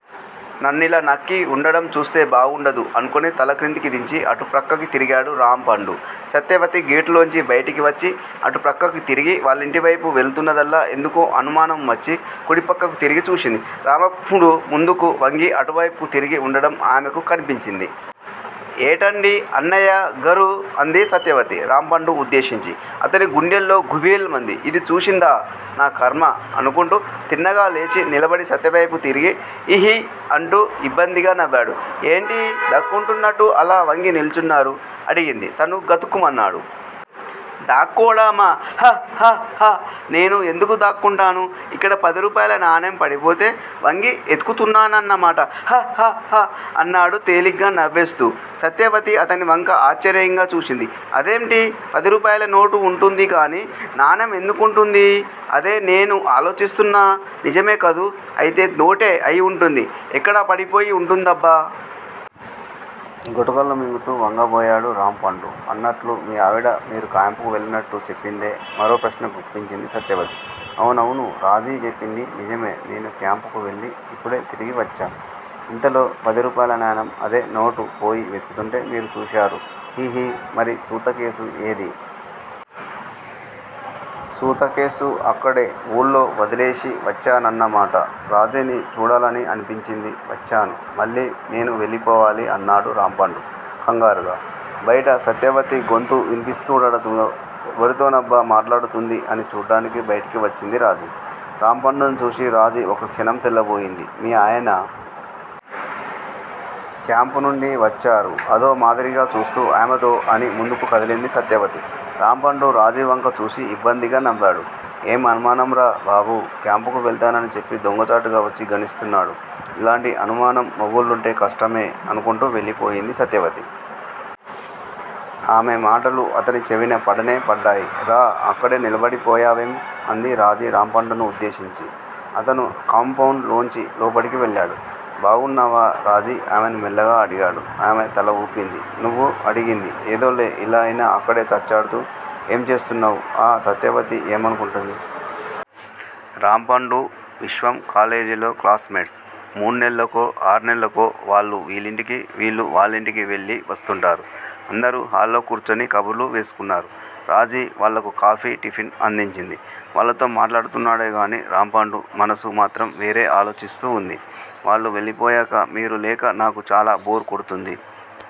నన్నిలా నక్కి వుండడం చూస్తె బాగుండదు అనుకుని తల క్రిందకి దించి అటు ప్రక్కకి తిరిగాడు రాంపండు. సత్యవతి గేటులోంచి బయటకి వచ్చి అటుప్రక్కకి తిరిగి వాళ్ళింటివైపు వెళుతున్నదల్లా ఎందుకో అనుమానం వచ్చి కుడి ప్రక్కకి తిరిగి చూసింది. రామప్పుడు ముందుకు వంగి అటు వైపుకి తిరిగి వుండడం ఆమెకి కనిపించింది. ఏటండీ అన్నయ్య గరూ అంది సత్యవతి రాంపండు ఉద్దేశించి. అతని గుండెల్లో గుభేల్ మంది. ఇది చూసిందా? నా ఖర్మ!! అనుకుంటూ తిన్నగా లేచి నిలబడి సత్య వైపు తిరిగి హిహి అంటూ యిబ్బందిగా నవ్వాడు. ఏంటీ దాక్కుంటునట్టు అలా వంగి నిల్చున్నారు? అడిగింది. తను గతుక్కుమన్నాడు. 'దాక్కోడామా? హహహ నేను ఎందుకు దాక్కుంటాను ఇక్కడ పదిరూపాయల నాణెం పడిపోతే వంగి ఎతుకుతున్నాన్నమాట. హహహ అన్నాడు తేలిగ్గా నవ్వేస్తూ. సత్యవతి అతనివంక ఆశ్చర్యంగా చూసింది. అదేంటి పది రూపాయల నోటు వుంటుందిగానీ నాణెం ఎందుకుంటుందీ? అదే నేనూ ఆలోచిస్తున్నా నిజమే కదూ? అయితే నోటే అయి వుంటుంది ఎక్కడ పడిపోయి వుంటుందబ్బా? గుటకలు మింగుతూ వంగబోయాడు రాంపండు. అన్నట్లు మీ ఆవిడ మీరు క్యాంప్ కి వెళ్ళినట్టు చెప్పిందే? మరో ప్రశ్న గుప్పించింది సత్యవతి. అవునవును! రాజీ చెప్పింది నిజమే. నేను క్యాంప్ కి వెళ్ళి ఇప్పుడే తిరిగి వచ్చా ఇంతలో పది రూపాయల నాణెం అదే నోటు పోయి వెతుకుతుంటే మీరు చూశారు హిహి మరి సూత కేసు ఏది? సూత కేసు అక్కడే వూళ్ళో వదిలేసి వచ్చానాన్నమాట!! రాజీని చూడాలని అనిపించింది వచ్చాను మళ్ళీ నేను వెళ్ళిపోవాలి! అన్నాడు రాంపండు కంగారుగా. బయట సత్యవతి గొంతు వినిపిస్తూడడంలో ఎవరితోనబ్బా మాట్లాడుతుంది అని చూడ్డానికి బయటకి వచ్చింది రాజీ. రాంపండుని చూసి రాజీ ఒక్కక్షణం తెల్లబోయింది. మీ ఆయన! క్యాంప్ నుండి వచ్చారు అదో మాదిరిగా చూస్తూ ఆమెతో అని ముందుకు కదిలింది సత్యవతి. రాంపండు రాజీ వంక చూసి యిబ్బందిగా నవ్వాడు. ఏం అనుమానంరా బాబూ! క్యాంప్ కి వెళతానని చెప్పి దొంగచాటుగా వచ్చి గనిస్తున్నాడు. ఇలాంటి అనుమానం మొగుళ్ళుంటే కష్టమే అనుకుంటూ వెళ్ళిపోయింది సత్యవతి. ఆమె మాటలు అతని చెవిన పడనే పడ్డాయి. రా అక్కడే నిలబడిపోయావేం? అంది రాజీ రాంపండుని ఉద్దేశించి. అతను కాంపౌండ్ లోంచి లోపలకి వెళ్ళాడు. బాగున్నావా రాజీ? ఆమెని మెల్లగా అడిగాడు. ఆమె తల వూపింది. నువ్వు? అడిగింది. ఏదోలే ఇలా అయినా అక్కడ తచ్చాడుతూ ఏం చేస్తున్నావ్ ఆ సత్యవతి ఏం అనుకుంటుంది? రాంపండూ, విశ్వం కాలేజీలో క్లాస్ మేట్స్. మూడు నేల్లకో, ఆర్నెల్లకో వాళ్ళు వీళ్ళింటికీ, వీళ్ళు వాళ్ళింటికీ వెళ్ళి వస్తుంటారు. అందరూ హాల్లో కూర్చుని కబుర్లు వేసుకున్నారు. రాజీ వాళ్లకు కాఫీ, టిఫిన్ అందించింది. వాళ్ళతో మాట్లాడుతున్నాడేగానీ రాంపండు మనసు మాత్రం వేరే ఆలోచిస్తూ వుంది. వాళ్ళు వెళ్ళిపోయాక మీరు లేక నాకు చాలా బోర్ కొడుతుంది.